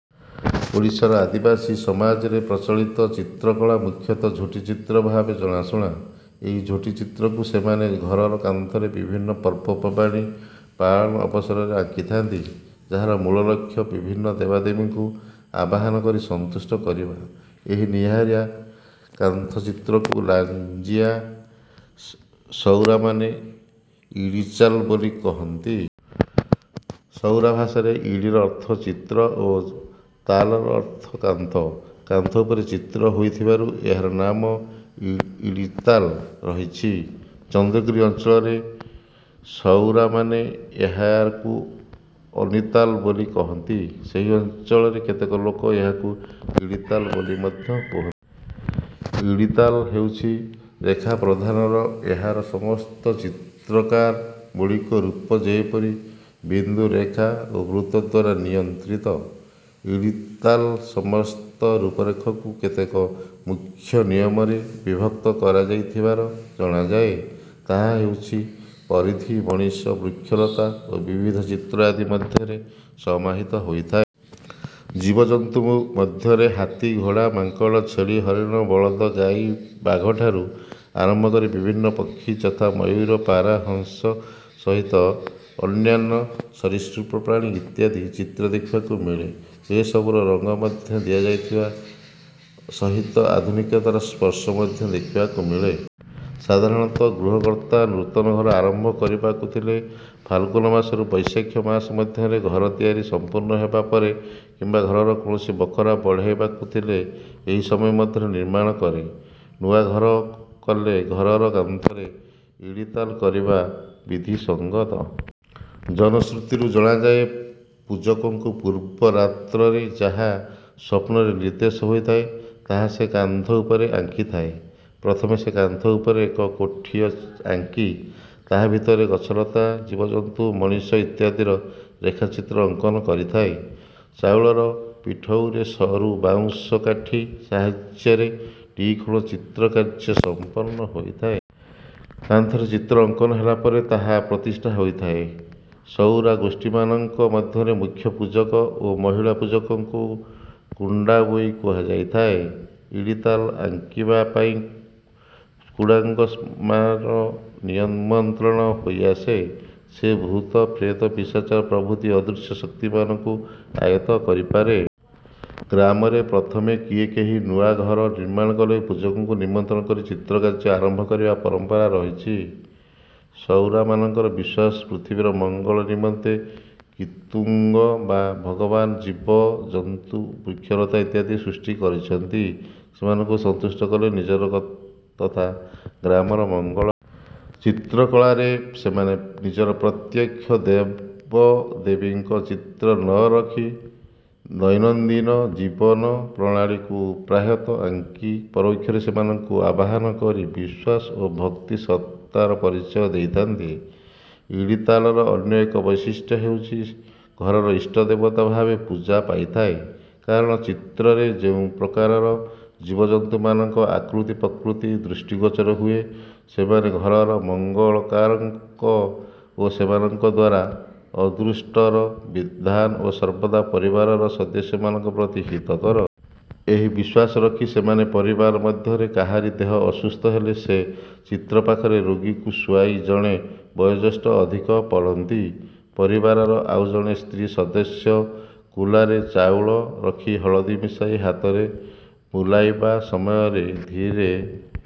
ଓଡ଼ିଶାର ଆଦିବାସୀ ସମାଜରେ ପ୍ରଚଳିତ ଚିତ୍ରକଳା ମୁଖ୍ୟତଃ ଝୋଟି ଚିତ୍ର ଭାବେ ଜଣାଶୁଣା। ଏହି ଝୋଟିଚିତ୍ରକୁ ସେମାନେ ଘରର କାନ୍ଥରେ ବିଭିନ୍ନ ପର୍ବପର୍ବାଣି ପାଳନ ଅବସରରେ ଆଙ୍କିଥାନ୍ତି ଯାହାର ମୂଳ ଲକ୍ଷ୍ୟ ବିଭିନ୍ନ ଦେବଦେବୀଙ୍କୁ ଆବାହନ କରି ସନ୍ତୁଷ୍ଟ କରିବା। ଏହି ନିଆରା କାନ୍ଥଚିତ୍ରକୁ ଲାଞ୍ଜିଆ ସଉରାମାନେ ଇଡ଼ିତାଲ ବୋଲି କୁହନ୍ତି। ସଉରା ଭାଷାରେ ଇଡ଼ିର ଅର୍ଥ ଚିତ୍ର ଓ ତାଲର ଅର୍ଥ କାନ୍ଥ। କାନ୍ଥ ଉପରେ ଚିତ୍ର ହୋଇଥିବାରୁ ଏହାର ନାମ ଇଡ଼ିତାଲ ରହିଛି। ଚନ୍ଦ୍ରଗିରି ଅଞ୍ଚଳର ସଉରାମାନେ ଏହାକୁ ଆନିତାଲ ବୋଲି କହନ୍ତି। ସେହି ଅଞ୍ଚଳର କେତେକ ଲୋକ ଏହାକୁ ଇଡ଼ିତାଲ ବୋଲି ମଧ୍ୟ କୁହନ୍ତି। ଇଡ଼ିତାଲ ହେଉଛି ରେଖା ପ୍ରଧାନ ଏହାର ସମସ୍ତ ଚିତ୍ରକଳାର ମୌଳିକ ରୂପ ଯେପରି ବିନ୍ଦୁ ରେଖା ଓ ବୃତ୍ତ ଦ୍ୱାରା ନିୟନ୍ତ୍ରିତ। ଇଡ଼ିତାଲ ସମସ୍ତ ରୂପରେଖକୁ କେତେକ ମୁଖ୍ୟ ନିୟମରେ ବିଭକ୍ତ କରାଯାଇଥିବାର ଜଣାଯାଏ। ତାହା ହେଉଛି ପରିଧି ମଣିଷ ବୃକ୍ଷଲତା ଓ ବିବିଧ ଚିତ୍ର ଆଦି ମଧ୍ୟରେ ସମାହିତ ହୋଇଥାଏ। ଜୀବଜନ୍ତୁ ମଧ୍ୟରେ ହାତୀ ଘୋଡ଼ା ମାଙ୍କଡ଼ ଛେଳି ହରିଣ ବଳଦ ଗାଈ ବାଘଠାରୁ ଆରମ୍ଭ କରି ବିଭିନ୍ନ ପକ୍ଷୀ ଯଥା ମୟୂର ପାରା ହଂସ ସହିତ ଅନ୍ୟାନ୍ୟ ସରୀସୃପ ପ୍ରାଣୀ ଇତ୍ୟାଦି ଚିତ୍ର ଦେଖିବାକୁ ମିଳେ ଏସବୁରେ ରଙ୍ଗ ମଧ୍ୟ ଦିଆଯିବା ସହିତ ଆଧୁନିକତାର ସ୍ପର୍ଶ ମଧ୍ୟ ଦେଖିବାକୁ ମିଳେ। ସାଧାରଣତଃ ଗୃହକର୍ତ୍ତା ନୂତନ ଘର ଆରମ୍ଭ କରିବାକୁ ଥିଲେ ଫାଲଗୁନ ମାସରୁ ବୈଶାଖ ମାସ ମଧ୍ୟରେ ଘର ତିଆରି ସମ୍ପୂର୍ଣ୍ଣ ହେବା ପରେ କିମ୍ବା ଘରର କୌଣସି ବଖରା ବଢ଼ାଇବାକୁ ଥିଲେ ଏହି ସମୟ ମଧ୍ୟରେ ନିର୍ମାଣ କରେ। ନୂଆ ଘର କଲେ ଘରର କାନ୍ଥରେ ଇଡ଼ିତାଲ କରିବା ବିଧିସଙ୍ଗତ। ଜନଶ୍ରୁତିରୁ ଜଣାଯାଏ ପୂଜକକୁ ପୂର୍ବ ରାତ୍ରରେ ଯାହା ସ୍ୱପ୍ନରେ ନିର୍ଦ୍ଦେଶ ହୋଇଥାଏ ତାହା ସେ କାନ୍ଥ ଉପରେ ଆଙ୍କିଥାଏ। ପ୍ରଥମେ ସେ କାନ୍ଥ ଉପରେ ଏକ କୋଠି ଆଙ୍କି ତାହା ଭିତରେ ଗଛଲତା ଜୀବଜନ୍ତୁ ମଣିଷ ଇତ୍ୟାଦିର ରେଖାଚିତ୍ର ଅଙ୍କନ କରିଥାଏ। ଚାଉଳର ପିଠଉରେ ସରୁ ବାଉଁଶ କାଠି ସାହାଯ୍ୟରେ ନିଖୁଣ ଚିତ୍ର କାର୍ଯ୍ୟ ସମ୍ପନ୍ନ ହୋଇଥାଏ। କାନ୍ଥରେ ଚିତ୍ର ଅଙ୍କନ ହେଲା ପରେ ତାହା ପ୍ରତିଷ୍ଠା ହୋଇଥାଏ। ସଉରା ଗୋଷ୍ଠୀମାନଙ୍କ ମଧ୍ୟରେ ମୁଖ୍ୟ ପୂଜକ ଓ ମହିଳା ପୂଜକଙ୍କୁ କୁଣ୍ଡାବୋଇ କୁହାଯାଇଥାଏ। ଇଡ଼ିତାଲ ଆଙ୍କିବା ପାଇଁ କୁଡ଼ାଙ୍ଗମ୍ମାର ନିମନ୍ତ୍ରଣ ହୋଇଆସେ। ସେ ଭୂତ ପ୍ରେତ ପିଶାଚ ପ୍ରଭୃତି ଅଦୃଶ୍ୟ ଶକ୍ତିମାନଙ୍କୁ ଆୟତ୍ତ କରିପାରେ। ଗ୍ରାମରେ ପ୍ରଥମେ କିଏ କେହି ନୂଆ ଘର ନିର୍ମାଣ କଲେ ପୂଜକଙ୍କୁ ନିମନ୍ତ୍ରଣ କରି ଚିତ୍ର କାର୍ଯ୍ୟ ଆରମ୍ଭ କରିବା ପରମ୍ପରା ରହିଛି। ସଉରାମାନଙ୍କର ବିଶ୍ୱାସ ପୃଥିବୀର ମଙ୍ଗଳ ନିମନ୍ତେ କିତୁଙ୍ଗ ବା ଭଗବାନ ଜୀବଜନ୍ତୁ ବୃକ୍ଷଲତା ଇତ୍ୟାଦି ସୃଷ୍ଟି କରିଛନ୍ତି। ସେମାନଙ୍କୁ ସନ୍ତୁଷ୍ଟ କଲେ ନିଜର ତଥା ଗ୍ରାମର ମଙ୍ଗଳ ହୁଏ। ଚିତ୍ରକଳାରେ ସେମାନେ ନିଜର ପ୍ରତ୍ୟକ୍ଷ ଦେବଦେବୀଙ୍କ ଚିତ୍ର ନ ରଖି ଦୈନନ୍ଦିନ ଜୀବନ ପ୍ରଣାଳୀକୁ ପ୍ରାୟତଃ ଆଙ୍କି ପରୋକ୍ଷରେ ସେମାନଙ୍କୁ ଆବାହନ କରି ବିଶ୍ୱାସ ଓ ଭକ୍ତିସତ୍ତାର ପରିଚୟ ଦେଇଥାନ୍ତି। ଇଡ଼ିତାଲର ଅନ୍ୟ ଏକ ବୈଶିଷ୍ଟ୍ୟ ହେଉଛି ଘରର ଇଷ୍ଟଦେବତା ଭାବେ ପୂଜା ପାଇଥାଏ। କାରଣ ଚିତ୍ରରେ ଯେଉଁ ପ୍ରକାରର ଜୀବଜନ୍ତୁମାନଙ୍କର ଆକୃତି ପ୍ରକୃତି ଦୃଷ୍ଟିଗୋଚର ହୁଏ ସେମାନେ ଘରର ମଙ୍ଗଳକାରକ ଓ ସେମାନଙ୍କ ଦ୍ୱାରା ଅଦୃଷ୍ଟର ବିଧାନ ଓ ସର୍ବଦା ପରିବାରର ସଦସ୍ୟମାନଙ୍କ ପ୍ରତି ହିତକର। ଏହି ବିଶ୍ୱାସ ରଖି ସେମାନେ ପରିବାର ମଧ୍ୟରେ କାହାରି ଦେହ ଅସୁସ୍ଥ ହେଲେ ସେ ଚିତ୍ର ପାଖରେ ରୋଗୀକୁ ଶୁଆଇ ଜଣେ ବୟୋଜ୍ୟେଷ୍ଠ ଅଧିଆ ପଡ଼ନ୍ତି। ପରିବାରର ଆଉ ଜଣେ ସ୍ତ୍ରୀ ସଦସ୍ୟ କୁଲାରେ ଚାଉଳ ରଖି ହଳଦୀ ମିଶାଇ ହାତରେ ବୁଲାଇବା ସମୟରେ ଧୀରେ